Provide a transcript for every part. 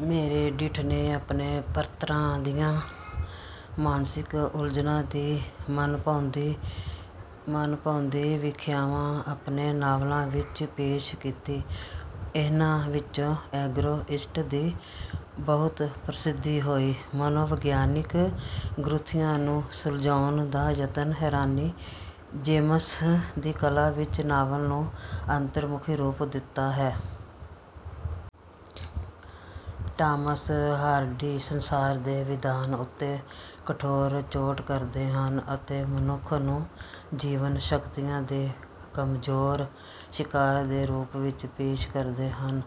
Meredith ਨੇ ਆਪਣੇ ਪਾਤਰਾਂ ਦੀਆਂ ਮਾਨਸਿਕ ਉਲਝਣਾਂ ਦੀ ਮਨਭਾਉਂਦੀ ਵਿਆਖਿਆ ਆਪਣੇ ਨਾਵਲਾਂ ਵਿੱਚ ਪੇਸ਼ ਕੀਤੀ। ਇਹਨਾਂ ਵਿੱਚ 'ਇਗੋਇਸਟ' ਦੀ ਬਹੁਤ ਪ੍ਰਸਿਧੀ ਹੋਈ। ਮਨੋਵਿਗਿਆਨਕ ਗੁੱਥੀਆਂ ਨੂੰ ਸੁਲਝਾਉਣ ਦਾ ਯਤਨ ਹੈਨਰੀ ਜੇਮਸ ਦੀ ਕਲਾ ਵਿੱਚ ਨਾਵਲ ਨੂੰ ਅੰਤਰਮੁਖੀ ਰੂਪ ਦਿੰਦਾ ਹੈ। ਟਾਮਸ ਹਾਰਡੀ ਸੰਸਾਰ ਦੇ ਵਿਧਾਨ ਉੱਤੇ ਕਠੋਰ ਚੋਟ ਕਰਦੇ ਹਨ ਅਤੇ ਮਨੁੱਖ ਨੂੰ ਜੀਵਨ-ਸ਼ਕਤੀਆਂ ਦੇ ਕਮਜ਼ੋਰ ਸ਼ਿਕਾਰ ਦੇ ਰੂਪ ਵਿੱਚ ਪੇਸ਼ ਕਰਦੇ ਹਨ।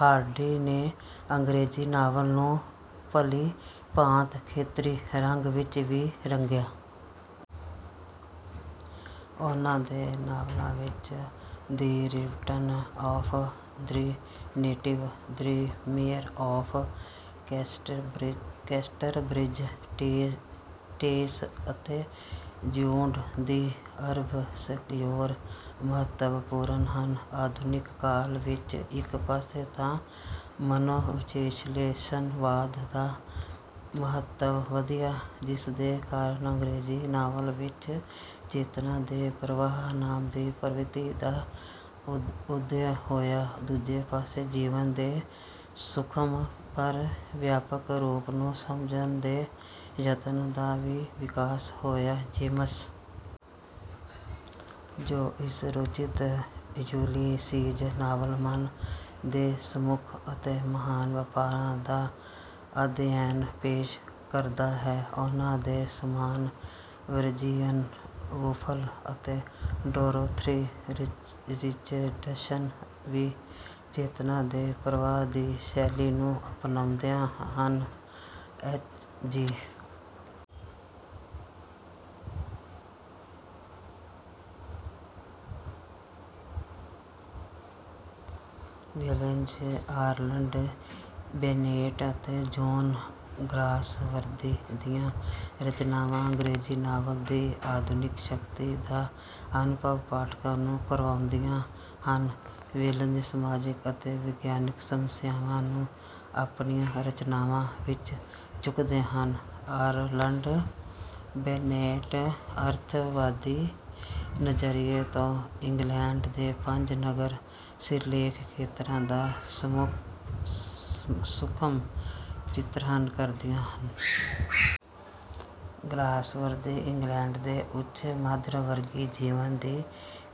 ਹਾਰਡੀ ਨੇ ਅੰਗਰੇਜ਼ੀ ਨਾਵਲ ਨੂੰ ਭਲੀ ਭਾਂਤ ਖੇਤਰੀ ਰੰਗ ਵਿੱਚ ਵੀ ਰੰਗਿਆ। ਉਨ੍ਹਾਂ ਦੇ ਨਾਵਲਾਂ ਵਿੱਚ 'The Return of the Native', 'The Mayor of Casterbridge', 'Tess', ਅਤੇ 'ਜਿਊਡ ਦਿ ਆਬਸਕਯੋਰ' ਮਹੱਤਵਪੂਰਨ ਹਨ। ਆਧੁਨਿਕ ਕਾਲ ਵਿੱਚ ਇੱਕ ਪਾਸੇ ਤਾਂ ਮਨੋਵਿਸ਼ਲੇਸ਼ਣਵਾਦ ਦਾ ਮਹੱਤਵ ਵਧਿਆ, ਜਿਸਦੇ ਕਾਰਨ ਅੰਗਰੇਜ਼ੀ ਨਾਵਲ ਵਿੱਚ 'ਚੇਤਨਾ ਦੇ ਪ੍ਰਵਾਹ' ਨਾਮ ਦੀ ਪ੍ਰਵਿਰਤੀ ਦਾ ਉਦਅ ਹੋਇਆ; ਦੂਜੇ ਪਾਸੇ ਜੀਵਨ ਦੇ ਸੂਖਮ ਪਰ ਵਿਆਪਕ ਰੂਪ ਨੂੰ ਸਮਝਣ ਦੇ ਯਤਨ ਦਾ ਵੀ ਵਿਕਾਸ ਹੋਇਆ। ਜੇਮਸ ਜੋਇਸ ਰਚਿਤ 'ਯੂਲਿਸੀਜ਼' ਨਾਵਲ ਮਨ ਦੇ ਸੂਖਮ ਅਤੇ ਮਹਾਨ ਵਪਾਰਾਂ ਦਾ ਅਧਿਐਨ ਪੇਸ਼ ਕਰਦਾ ਹੈ। ਉਨ੍ਹਾਂ ਦੇ ਸਮਾਨ ਵਰਜੀਨੀਆ ਵੁਲਫ਼ ਅਤੇ ਡੋਰੋਥੀ ਰਿਚਰਡਸਨ ਵੀ 'ਚੇਤਨਾ ਦੇ ਪ੍ਰਵਾਹ' ਦੀ ਸ਼ੈਲੀ ਨੂੰ ਅਪਣਾਉਂਦੀਆਂ ਹਨ। ਐੱਚ. ਜੀ. ਵੇਲਜ਼, ਆਰਨਲਡ ਬੈਨੇਟ ਅਤੇ ਜੌਨ ਗਾਲਸਵਰਦੀ ਦੀਆਂ ਰਚਨਾਵਾਂ ਅੰਗਰੇਜ਼ੀ ਨਾਵਲ ਦੀ ਆਧੁਨਿਕ ਸ਼ਕਤੀ ਦਾ ਅਨੁਭਵ ਪਾਠਕ ਨੂੰ ਕਰਵਾਉਂਦੀਆਂ ਹਨ। ਵੇਲਜ਼ ਸਮਾਜਿਕ ਅਤੇ ਵਿਗਿਆਨਕ ਸਮੱਸਿਆਵਾਂ ਨੂੰ ਆਪਣੀਆਂ ਰਚਨਾਵਾਂ ਵਿੱਚ ਚੁੱਕਦੇ ਹਨ। ਆਰਨਲਡ ਬੈਨੇਟ ਯਥਾਰਥਵਾਦੀ ਨਜ਼ਰੀਏ ਤੋਂ ਇੰਗਲੈਂਡ ਦੇ 'ਪੰਜ ਨਗਰ' ਸਿਰਲੇਖ ਖੇਤਰ ਦਾ ਸੂਖਮ ਚਿਤਰਣ ਕਰਦੇ ਹਨ। ਗਲਾਸਵਰਦੀ ਇੰਗਲੈਂਡ ਦੇ ਉੱਚ-ਮੱਧਵਰਗੀ ਜੀਵਨ ਦੀ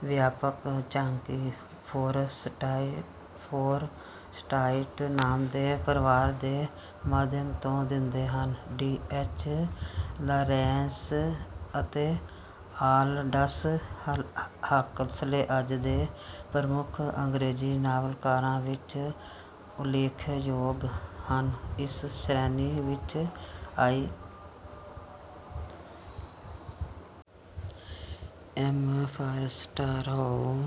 ਵਿਆਪਕ ਝਾਂਕੀ 'ਫੋਰਸਾਇਟ' ਨਾਮ ਦੇ ਪਰਿਵਾਰ ਦੇ ਮਾਧਿਅਮ ਤੋਂ ਦਿੰਦੇ ਹਨ। ਡੀ. ਐੱਚ. ਲਾਰੈਂਸ ਅਤੇ ਆਲਡਸ ਹਕਸਲੇ ਅੱਜ ਦੇ ਪ੍ਰਮੁੱਖ ਅੰਗਰੇਜ਼ੀ ਨਾਵਲਕਾਰਾਂ ਵਿੱਚ ਉਲੇਖਯੋਗ ਹਨ। ਇਸ ਸ਼੍ਰੇਣੀ ਵਿੱਚ E. M. Forster, Hugh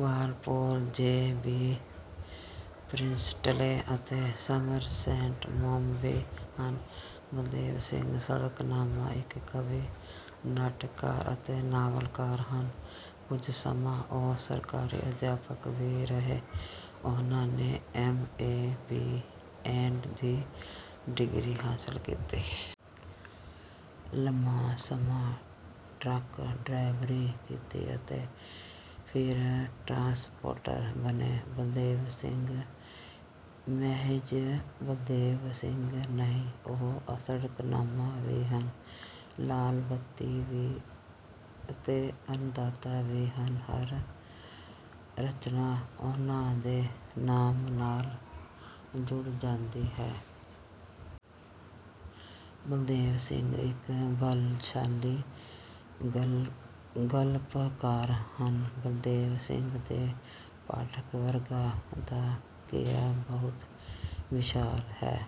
Walpole, J. B. Priestley ਅਤੇ ਸਮਰਸੈਟ ਮੌਮ ਵੀ ਹਨ। ਬਲਦੇਵ ਸਿੰਘ ਸੜਕਨਾਮਾ ਇੱਕ ਕਵੀ, ਨਾਟਕਕਾਰ ਅਤੇ ਨਾਵਲਕਾਰ ਹਨ। ਕੁਝ ਸਮਾਂ ਉਹ ਸਰਕਾਰੀ ਅਧਿਆਪਕ ਵੀ ਰਹੇ। ਉਨ੍ਹਾਂ ਨੇ ਐੱਮ.ਏ. ਬੀ.ਐੱਡ. ਦੀ ਡਿਗਰੀ ਹਾਸਲ ਕੀਤੀ। ਲੰਮਾ ਸਮਾਂ ਟਰੱਕ ਡਰਾਈਵਰੀ ਕੀਤੀ ਅਤੇ ਫਿਰ ਟਰਾਂਸਪੋਰਟਰ ਬਣੇ। ਬਲਦੇਵ ਸਿੰਘ ਮਹਿਜ਼ ਬਲਦੇਵ ਸਿੰਘ ਨਹੀਂ, ਉਹ 'ਸੜਕਨਾਮਾ' ਵੀ ਹਨ, 'ਲਾਲ ਬੱਤੀ' ਵੀ ਅਤੇ 'ਅੰਨਦਾਤਾ' ਵੀ ਹਨ। ਹਰ ਰਚਨਾ ਉਨ੍ਹਾਂ ਦੇ ਨਾਮ ਨਾਲ ਜੁੜ ਜਾਂਦੀ ਹੈ। ਬਲਦੇਵ ਸਿੰਘ ਇੱਕ ਬਲਸ਼ਾਲੀ ਗਲਪਕਾਰ ਹਨ। ਬਲਦੇਵ ਸਿੰਘ ਦੇ ਪਾਠਕ ਵਰਗ ਦਾ ਘੇਰਾ ਬਹੁਤ ਵਿਸ਼ਾਲ ਹੈ।